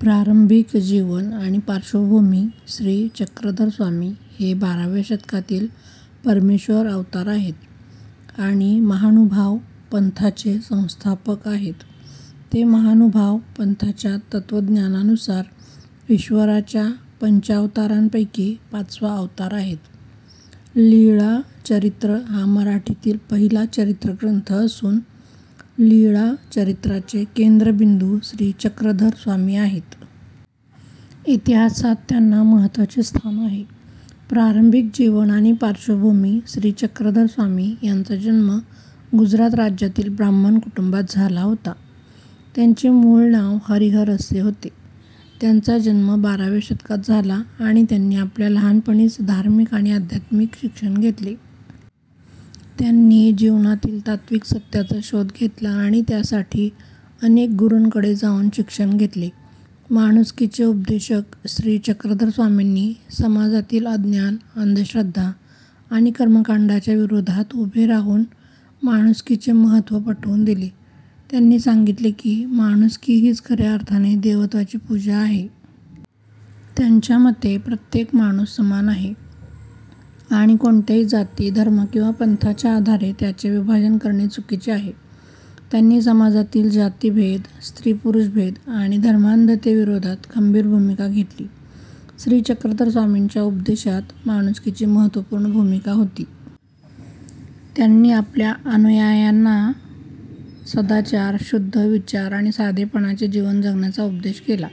प्रारंभिक जीवन आणि पार्श्वभूमी श्री चक्रधर स्वामी हे बाराव्या शतकातील परमेश्वर अवतार आहेत आणि महानुभाव पंथाचे संस्थापक आहेत. ते महानुभाव पंथाच्या तत्त्वज्ञानानुसार ईश्वराच्या पंचावतारांपैकी पाचवा अवतार आहेत. लीळाचरित्र हा मराठीतील पहिला चरित्रग्रंथ असून, लीळाचरित्राचे केंद्रबिंदू श्री चक्रधर स्वामी आहेत. इतिहासात त्यांना महत्त्वाचे स्थान आहे. प्रारंभिक जीवन आणि पार्श्वभूमी श्री चक्रधर स्वामी यांचा जन्म गुजरात राज्यातील ब्राह्मण कुटुंबात झाला होता. त्यांचे मूळ नाव हरिहर असे होते. त्यांचा जन्म बाराव्या शतकात झाला आणि त्यांनी आपल्या लहानपणीच धार्मिक आणि आध्यात्मिक शिक्षण घेतले. त्यांनी जीवनातील तात्त्विक सत्याचा शोध घेतला आणि त्यासाठी अनेक गुरूंकडे जाऊन शिक्षण घेतले. माणुसकीचे उपदेशक श्री चक्रधर स्वामींनी समाजातील अज्ञान, अंधश्रद्धा आणि कर्मकांडांच्या विरोधात उभे राहून माणुसकीचे महत्त्व पटवून दिले. त्यांनी सांगितले की, माणुसकी हीच खऱ्या अर्थाने देवत्वाची पूजा आहे. त्यांच्या मते, प्रत्येक माणूस समान आहे आणि कोणत्याही जाती, धर्म किंवा पंथाच्या आधारे त्याचे विभाजन करणे चुकीचे आहे. त्यांनी समाजातील जातीभेद, स्त्री-पुरुष भेद आणि धर्मांधतेविरोधात खंबीर भूमिका घेतली. श्री चक्रधर स्वामींच्या उपदेशात माणुसकीची महत्त्वपूर्ण भूमिका होती. त्यांनी आपल्या अनुयायांना सदाचार, शुद्ध विचार आणि साधेपणाचे जीवन जगण्याचा उपदेश केला.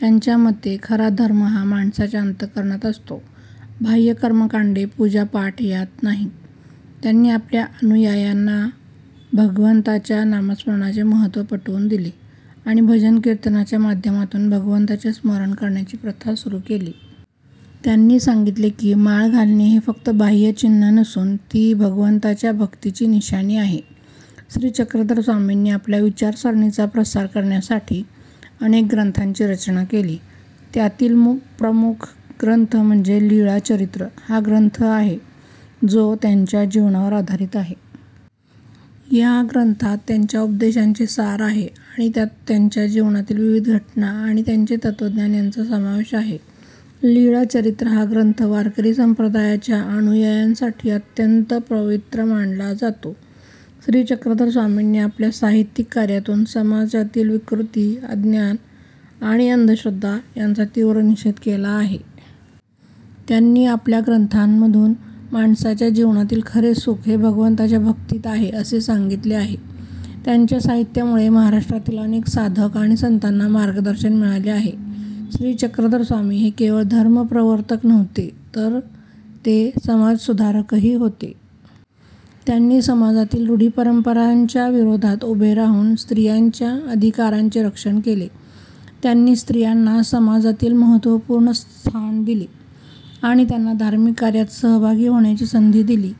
त्यांच्या मते, खरा धर्म हा माणसाच्या अंतःकरणात असतो, बाह्य कर्मकांडे, पूजा-पाठ यांत नाही. त्यांनी आपल्या अनुयायांना भगवंताच्या नामस्मरणाचे महत्त्व पटवून दिले आणि भजन-कीर्तनाच्या माध्यमातून भगवंताचे स्मरण करण्याची प्रथा सुरू केली. त्यांनी सांगितले की, माळ घालणे हे फक्त बाह्य चिन्ह नसून, ती भगवंताच्या भक्तीची निशाणी आहे. श्री चक्रधर स्वामींनी आपल्या विचारसरणीचा प्रसार करण्यासाठी अनेक ग्रंथांची रचना केली. त्यातील प्रमुख ग्रंथ म्हणजे लीळाचरित्र हा ग्रंथ आहे, जो त्यांच्या जीवनावर आधारित आहे. या ग्रंथात त्यांच्या उपदेशांचे सार आहे आणि त्यात त्यांच्या जीवनातील विविध घटना आणि त्यांचे तत्त्वज्ञान यांचा समावेश आहे. लीळाचरित्र हा ग्रंथ वारकरी संप्रदायाच्या अनुयायांसाठी अत्यंत पवित्र मानला जातो. श्री चक्रधर स्वामींनी आपल्या साहित्यिक कार्यातून समाजातील विकृती, अज्ञान आणि अंधश्रद्धा यांचा तीव्र निषेध केला आहे. त्यांनी आपल्या ग्रंथांमधून माणसाच्या जीवनातील खरे सुख हे भगवंताच्या भक्तीत आहे, असे सांगितले आहे. त्यांच्या साहित्यामुळे महाराष्ट्रातील अनेक साधक आणि संतांना मार्गदर्शन मिळाले आहे. श्री चक्रधर स्वामी हे केवळ धर्मप्रवर्तक नव्हते, तर ते समाजसुधारकही होते. त्यांनी समाजातील रूढी-परंपरांच्या विरोधात उभे राहून स्त्रियांच्या अधिकारांचे रक्षण केले. त्यांनी स्त्रियांना समाजातील महत्त्वपूर्ण स्थान दिले आणि त्यांना धार्मिक कार्यात सहभागी होण्याची संधी दिली.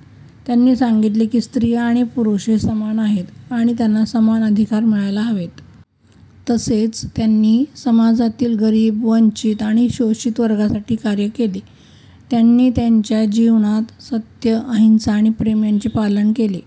त्यांनी सांगितले की, स्त्रिया आणि पुरुष हे समान आहेत आणि त्यांना समान अधिकार मिळायला हवेत. तसेच, त्यांनी समाजातील गरीब, वंचित आणि शोषित वर्गासाठी कार्य केले. त्यांनी त्यांच्या जीवनात सत्य, अहिंसा आणि प्रेम यांचे पालन केले.